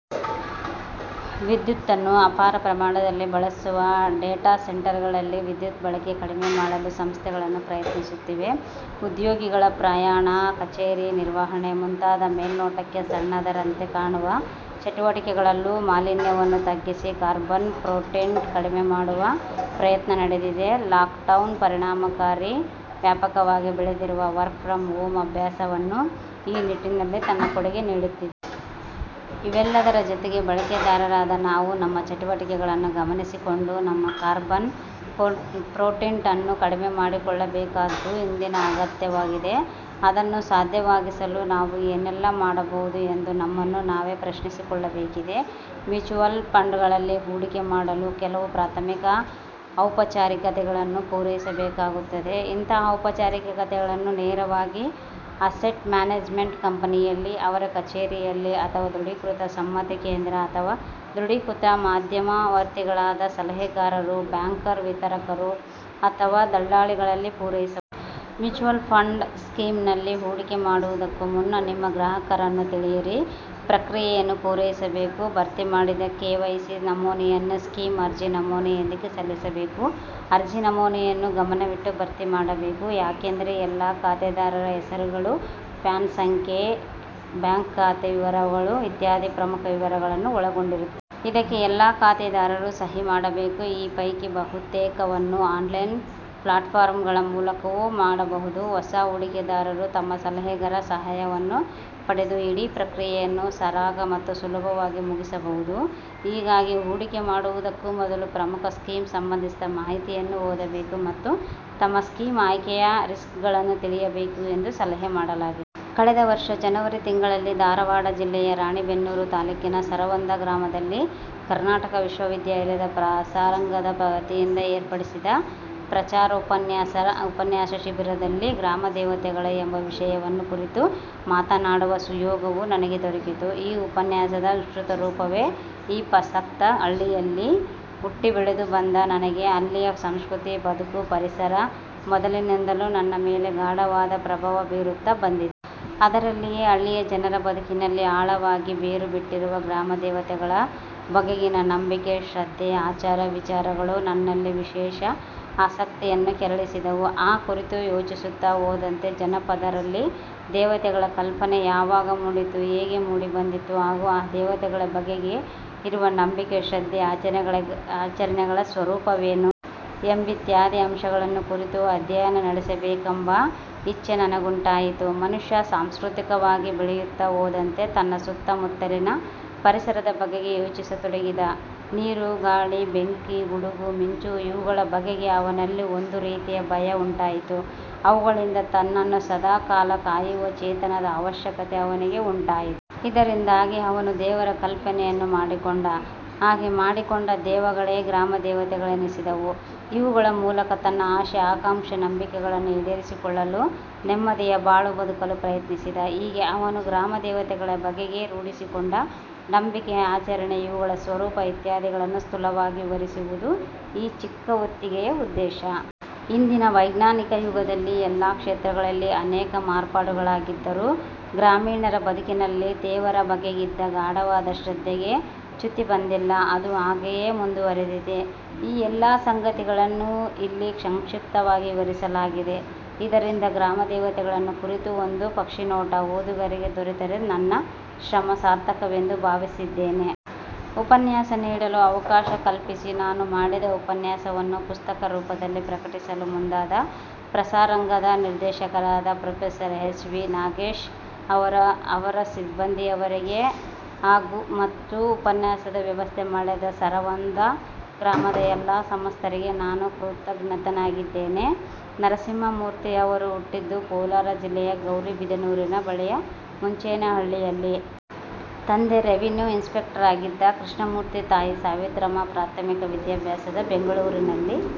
ವಿದ್ಯುತ್ತನ್ನು ಅಪಾರ ಪ್ರಮಾಣದಲ್ಲಿ ಬಳಸುವ ಡೇಟಾಸೆಂಟರುಗಳಲ್ಲೂ ವಿದ್ಯುತ್ ಬಳಕೆ ಕಡಿಮೆ ಮಾಡಲು ಸಂಸ್ಥೆಗಳು ಪ್ರಯತ್ನಿಸುತ್ತಿವೆ. ಉದ್ಯೋಗಿಗಳ ಪ್ರಯಾಣ, ಕಚೇರಿ ನಿರ್ವಹಣೆ ಮುಂತಾದ ಮೇಲ್ನೋಟಕ್ಕೆ ಸಣ್ಣದರಂತೆ ಕಾಣುವ ಚಟುವಟಿಕೆಗಳಲ್ಲೂ ಮಾಲಿನ್ಯವನ್ನು ತಗ್ಗಿಸಿ ಕಾರ್ಬನ್ ಫುಟ್ಪ್ರಿಂಟ್ ಕಡಿಮೆ ಮಾಡುವ ಪ್ರಯತ್ನ ನಡೆದಿದೆ. ಲಾಕ್ಡೌನ್ ಪರಿಣಾಮವಾಗಿ ವ್ಯಾಪಕವಾಗಿ ಬೆಳೆದಿರುವ ವರ್ಕ್ ಫ್ರಮ್ ಹೋಮ್ ಅಭ್ಯಾಸವೂ ಈ ನಿಟ್ಟಿನಲ್ಲಿ ತನ್ನ ಕೊಡುಗೆ ನೀಡುತ್ತಿದೆ. ಇವೆಲ್ಲದರ ಜೊತೆಗೆ ಬಳಕೆದಾರರಾದ ನಾವೂ ನಮ್ಮ ಚಟುವಟಿಕೆಗಳನ್ನು ಗಮನಿಸಿಕೊಂಡು ನಮ್ಮ ಕಾರ್ಬನ್ ಫುಟ್ಪ್ರಿಂಟನ್ನೂ ಕಡಿಮೆಮಾಡಿಕೊಳ್ಳಬೇಕಾದ್ದು ಇಂದಿನ ಅಗತ್ಯವಾಗಿದೆ. ಅದನ್ನು ಸಾಧ್ಯವಾಗಿಸಲು ನಾವು ಏನೆಲ್ಲ ಮಾಡಬಹುದು ಎಂದು ನಮ್ಮನ್ನು ನಾವೇ ಪ್ರಶ್ನಿಸಿಕೊಳ್ಳಬೇಕಿದೆ. ಮ್ಯೂಚುವಲ್ ಫಂಡ್ಗಳಲ್ಲಿ ಹೂಡಿಕೆ ಮಾಡಲು ಕೆಲವು ಪ್ರಾಥಮಿಕ ಔಪಚಾರಿಕತೆಗಳನ್ನು ಪೂರೈಸಬೇಕಾಗುತ್ತದೆ. ಇಂತಹ ಔಪಚಾರಿಕತೆಗಳನ್ನು ನೇರವಾಗಿ ಅಸೆಟ್ ಮ್ಯಾನೇಜ್ಮೆಂಟ್ ಕಂಪನಿ ಯಲ್ಲಿ ಅವರ ಕಚೇರಿಯಲ್ಲಿ ಅಥವಾ ದೃಢೀಕೃತ ಸಮ್ಮತಿ ಕೇಂದ್ರ ಅಥವಾ ದೃಢೀಕೃತ ಮಧ್ಯವರ್ತಿಗಳಾದ ಸಲಹೆಗಾರರು, ಬ್ಯಾಂಕರ್, ವಿತರಕರು ಅಥವಾ ದಲ್ಲಾಳಿಗಳಲ್ಲಿ ಪೂರೈಸಬಹುದು. ಮ್ಯೂಚುವಲ್ ಫಂಡ್ ಸ್ಕೀಮ್ನಲ್ಲಿ ಹೂಡಿಕೆ ಮಾಡುವುದಕ್ಕೂ ಮುನ್ನ, ನಿಮ್ಮ ಗ್ರಾಹಕರನ್ನು ತಿಳಿಯಿರಿ ಪ್ರಕ್ರಿಯೆಯನ್ನು ಪೂರೈಸಬೇಕು. ಭರ್ತಿ ಮಾಡಿದ ಕೆವೈಸಿ ನಮೂನೆಯನ್ನು ಸ್ಕೀಮ್ ಅರ್ಜಿ ನಮೂನೆಯೊಂದಿಗೆ ಸಲ್ಲಿಸಬೇಕು. ಅರ್ಜಿ ನಮೂನೆಯನ್ನು ಗಮನವಿಟ್ಟು ಭರ್ತಿ ಮಾಡಬೇಕು. ಯಾಕೆಂದರೆ, ಎಲ್ಲ ಖಾತೆದಾರರ ಹೆಸರುಗಳು, ಪ್ಯಾನ್ ಸಂಖ್ಯೆ, ಬ್ಯಾಂಕ್ ಖಾತೆ ವಿವರಗಳು ಇತ್ಯಾದಿ ಪ್ರಮುಖ ವಿವರಗಳನ್ನು ಒಳಗೊಂಡಿರುತ್ತದೆ. ಇದಕ್ಕೆ ಎಲ್ಲ ಖಾತೆದಾರರೂ ಸಹಿ ಮಾಡಬೇಕು. ಈ ಪೈಕಿ ಬಹುತೇಕವನ್ನು ಆನ್ಲೈನ್ ಪ್ಲಾಟ್ಫಾರಂಗಳ ಮೂಲಕವೂ ಮಾಡಬಹುದು. ಹೊಸ ಹೂಡಿಕೆದಾರರು ತಮ್ಮ ಸಲಹೆಗಾರರ ಸಹಾಯವನ್ನು ಪಡೆದು ಇಡೀ ಪ್ರಕ್ರಿಯೆಯನ್ನು ಸರಾಗ ಮತ್ತು ಸುಲಭವಾಗಿ ಮುಗಿಸಬಹುದು. ಹೀಗಾಗಿ, ಹೂಡಿಕೆ ಮಾಡುವುದಕ್ಕೂ ಮೊದಲು ಪ್ರಮುಖ ಸ್ಕೀಮ್ ಸಂಬಂಧಿತ ಮಾಹಿತಿಯನ್ನು ಓದಬೇಕು ಮತ್ತು ತಮ್ಮ ಸ್ಕೀಮ್ ಆಯ್ಕೆಯ ರಿಸ್ಕ್ಗಳನ್ನು ತಿಳಿಯಬೇಕು ಎಂದು ಸಲಹೆ ಮಾಡಲಾಗಿದೆ. ಕಳೆದ ವರ್ಷ ಜನೆವರಿ ತಿಂಗಳಿನಲ್ಲಿ ಧಾರವಾಡ ಜಿಲ್ಲೆಯ ರಾಣೇಬೆನ್ನೂರ ತಾಲೂಕಿನ ಸರವಂದ ಗ್ರಾಮದಲ್ಲಿ ಕರ್ನಾಟಕ ವಿಶ್ವವಿದ್ಯಾಲಯದ ಪ್ರಸಾರಾಂಗದ ವತಿಯಿಂದ ಏರ್ಪಡಿಸಿದ್ದ ಪ್ರಚಾರೋಪನ್ಯಾಸ ಶಿಬಿರದಲ್ಲಿ 'ಗ್ರಾಮದೇವತೆಗಳು' ಎಂಬ ವಿಷಯವನ್ನು ಕುರಿತು ಮಾತನಾಡುವ ಸುಯೋಗವು ನನಗೆ ದೊರೆಕಿತ್ತು. ಆ ಉಪನ್ಯಾಸದ ವಿಸ್ತೃತರೂಪವೇ ಈ ಪಸ್ತಕ. ಹಳ್ಳಿಯಲ್ಲಿ ಹುಟ್ಟಿ ಬೆಳೆದು ಬಂದ ನನಗೆ ಅಲ್ಲಿಯ ಸಂಸ್ಕೃತಿ, ಬದುಕು, ಪರಿಸರ, ಮೊದಲಿನಿಂದಲೂ ನನ್ನ ಮೇಲೆ ಗಾಢವಾದ ಪ್ರಭಾವ ಬೀರುತ್ತ ಬಂದಿವೆ. ಅದರಲ್ಲಿಯೇ ಹಳ್ಳಿಯ ಜನರ ಬದುಕಿನಲ್ಲಿ ಆಳವಾಗಿ ಬೇರುಬಿಟ್ಟಿರುವ ಗ್ರಾಮದೇವತೆಗಳ ಬಗೆಗಿನ ನಂಬಿಕೆ, ಶ್ರದ್ಧೆ, ಆಚಾರ, ವಿಚಾರಗಳು, ನನ್ನಲ್ಲಿ ವಿಶೇಷ ಆಸಕ್ತಿಯನ್ನು ಕೆರಳಿಸಿದವು. ಆ ಕುರಿತು ಯೋಚಿಸುತ್ತ ಹೋದಂತೆ ಜನಪದರಲ್ಲಿ ದೇವತೆಗಳ ಕಲ್ಪನೆ ಯಾವಾಗ ಮೂಡಿತು. ಹೇಗೆ ಮೂಡಿಬಂದಿತು? ಹಾಗೂ ಆ ದೇವತೆಗಳ ಬಗೆಗೆ ಇರುವ ನಂಬಿಕೆ, ಶ್ರದ್ಧೆ ಆಚರಣೆಗಳ ಸ್ವರೂಪವೇನು? ಎಂಬಿತ್ಯಾದಿ ಅಂಶಗಳನ್ನು ಕುರಿತು ಅಧ್ಯಯನ ನಡೆಸಬೇಕೆಂಬ ಇಚ್ಛೆ ನನಗುಂಟಾಯಿತು. ಮನುಷ್ಯ ಸಾಂಸ್ಕೃತಿಕವಾಗಿ ಬೆಳೆಯುತ್ತ ಹೋದಂತೆ ತನ್ನ ಸುತ್ತ ಮುತ್ತಲಿನ ಪರಿಸರದ ಬಗೆಗೆ ಯೋಚಿಸತೊಡಗಿದ. ನೀರು, ಗಾಳಿ, ಬೆಂಕಿ, ಗುಡುಗು, ಮಿಂಚು ಇವುಗಳ ಬಗೆಗೆ ಅವನಲ್ಲಿ ಒಂದು ರೀತಿಯ ಭಯ ಉಂಟಾಯಿತು ಅವುಗಳಿಂದ ತನ್ನನ್ನು ಸದಾ ಕಾಲ ಕಾಯುವ ಚೇತನದ ಅವಶ್ಯಕತೆ ಅವನಿಗೆ ಉಂಟಾಯಿತು. ಇದರಿಂದಾಗಿ ಅವನು ದೇವರ ಕಲ್ಪನೆಯನ್ನು ಮಾಡಿಕೊಂಡ. ಹಾಗೆ ಮಾಡಿಕೊಂಡ ದೆವಗಳೇ ಗ್ರಾಮ ದೇವತೆಗಳೆನಿಸಿದವು. ಇವುಗಳ ಮೂಲಕ ತನ್ನ ಆಶೆ, ಆಕಾಂಕ್ಷೆ, ನಂಬಿಕೆಗಳನ್ನು ಈಡೇರಿಸಿಕೊಳ್ಳಲು, ನೆಮ್ಮದಿಯ ಬಾಳು ಬದುಕಲು ಪ್ರಯತ್ನಿಸಿದ. ಹೀಗೆ ಅವನು ಗ್ರಾಮದೇವತೆಗಳ ಬಗೆಗೆ ರೂಢಿಸಿಕೊಂಡ ನಂಬಿಕೆ, ಆಚರಣೆ, ಅವುಗಳ ಸ್ವರೂಪ ಇತ್ಯಾದಿಗಳನ್ನು ಸ್ಥೂಲವಾಗಿ ವಿವರಿಸುವದು ಈ ಚಿಕ್ಕ ಹೊತ್ತಿಗೆಯ ಉದ್ದೇಶ. ಇಂದಿನ ವೈಜ್ಞಾನಿಕಯುಗದಲ್ಲಿ ಎಲ್ಲ ಕ್ಷೇತ್ರಗಳಲ್ಲಿ ಅನೇಕ ಮಾರ್ಪಾಡುಗಳಾಗಿದ್ದರೂ ಗ್ರಾಮೀಣರ ಬದುಕಿನಲ್ಲಿ ದೇವರ ಬಗೆಗಿದ್ದ ಗಾಢವಾದ ಶ್ರದ್ಧೆಗೆ ಚ್ಯುತಿ ಬಂದಿಲ್ಲ. ಅದು ಹಾಗೆಯೇ ಮುಂದುವರೆದಿದೆ. ಈ ಎಲ್ಲ ಸಂಗತಿಗಳನ್ನು ಇಲ್ಲಿ ಸಂಕ್ಷಿಪ್ತವಾಗಿ ನಿರೂಪಿಸಲಾಗಿದೆ. ಇದರಿಂದ ಗ್ರಾಮದೇವತೆಗಳನ್ನು ಕುರಿತು ಒಂದು ಪಕ್ಷಿನೋಟ ಓದುಗರಿಗೆ ದೊರೆತರೆ ನನ್ನ ಶ್ರಮ ಸಾರ್ಥಕವೆಂದು ಭಾವಿಸಿದ್ದೇನೆ. ಉಪನ್ಯಾಸ ನೀಡಲು ಅವಕಾಶ ಕಲ್ಪಿಸಿ ನಾನು ಮಾಡಿದ ಉಪನ್ಯಾಸವನ್ನು ಪುಸ್ತಕ ರೂಪದಲ್ಲಿ ಪ್ರಕಟಿಸಲು ಮುಂದಾದ ಪ್ರಸಾರಾಂಗದ ನಿರ್ದೇಶಕರಾದ ಪ್ರೊ ಎಚ್. ವಿ. ನಾಗೇಶ್ ಹಾಗೂ ಅವರ ಸಿಬ್ಬಂದಿಯವರಿಗೆ, ಮತ್ತು ಉಪನ್ಯಾಸದ ವ್ಯವಸ್ಥೆ ಮಾಡಿದ ಸರವಂದ ಗ್ರಾಮದ ಎಲ್ಲ ಸಮಸ್ತರಿಗೆ ನಾನು ಕೃತಜ್ಞನಾಗಿದ್ದೇನೆ. ನರಸಿಂಹಮೂರ್ತಿಯವರು ಹುಟ್ಟಿದ್ದು ಕೋಲಾರ ಜಿಲ್ಲೆಯ ಗೌರಿಬಿದನೂರಿನ ಬಳಿಯ ಮಂಚೇನಹಳ್ಳಿಯಲ್ಲಿ. ತಂದೆ ರೆವಿನ್ಯೂ ಇನ್ಸ್ ಪೆಕ್ಟರಾಗಿದ್ದ ಕೃಷ್ಣಮೂರ್ತಿ, ತಾಯಿ ಸಾವಿತ್ರಮ್ಮ. ಪ್ರಾಥಮಿಕ ವಿದ್ಯಾಭ್ಯಾಸ ಬೆಂಗಳೂರಿನಲ್ಲಿ.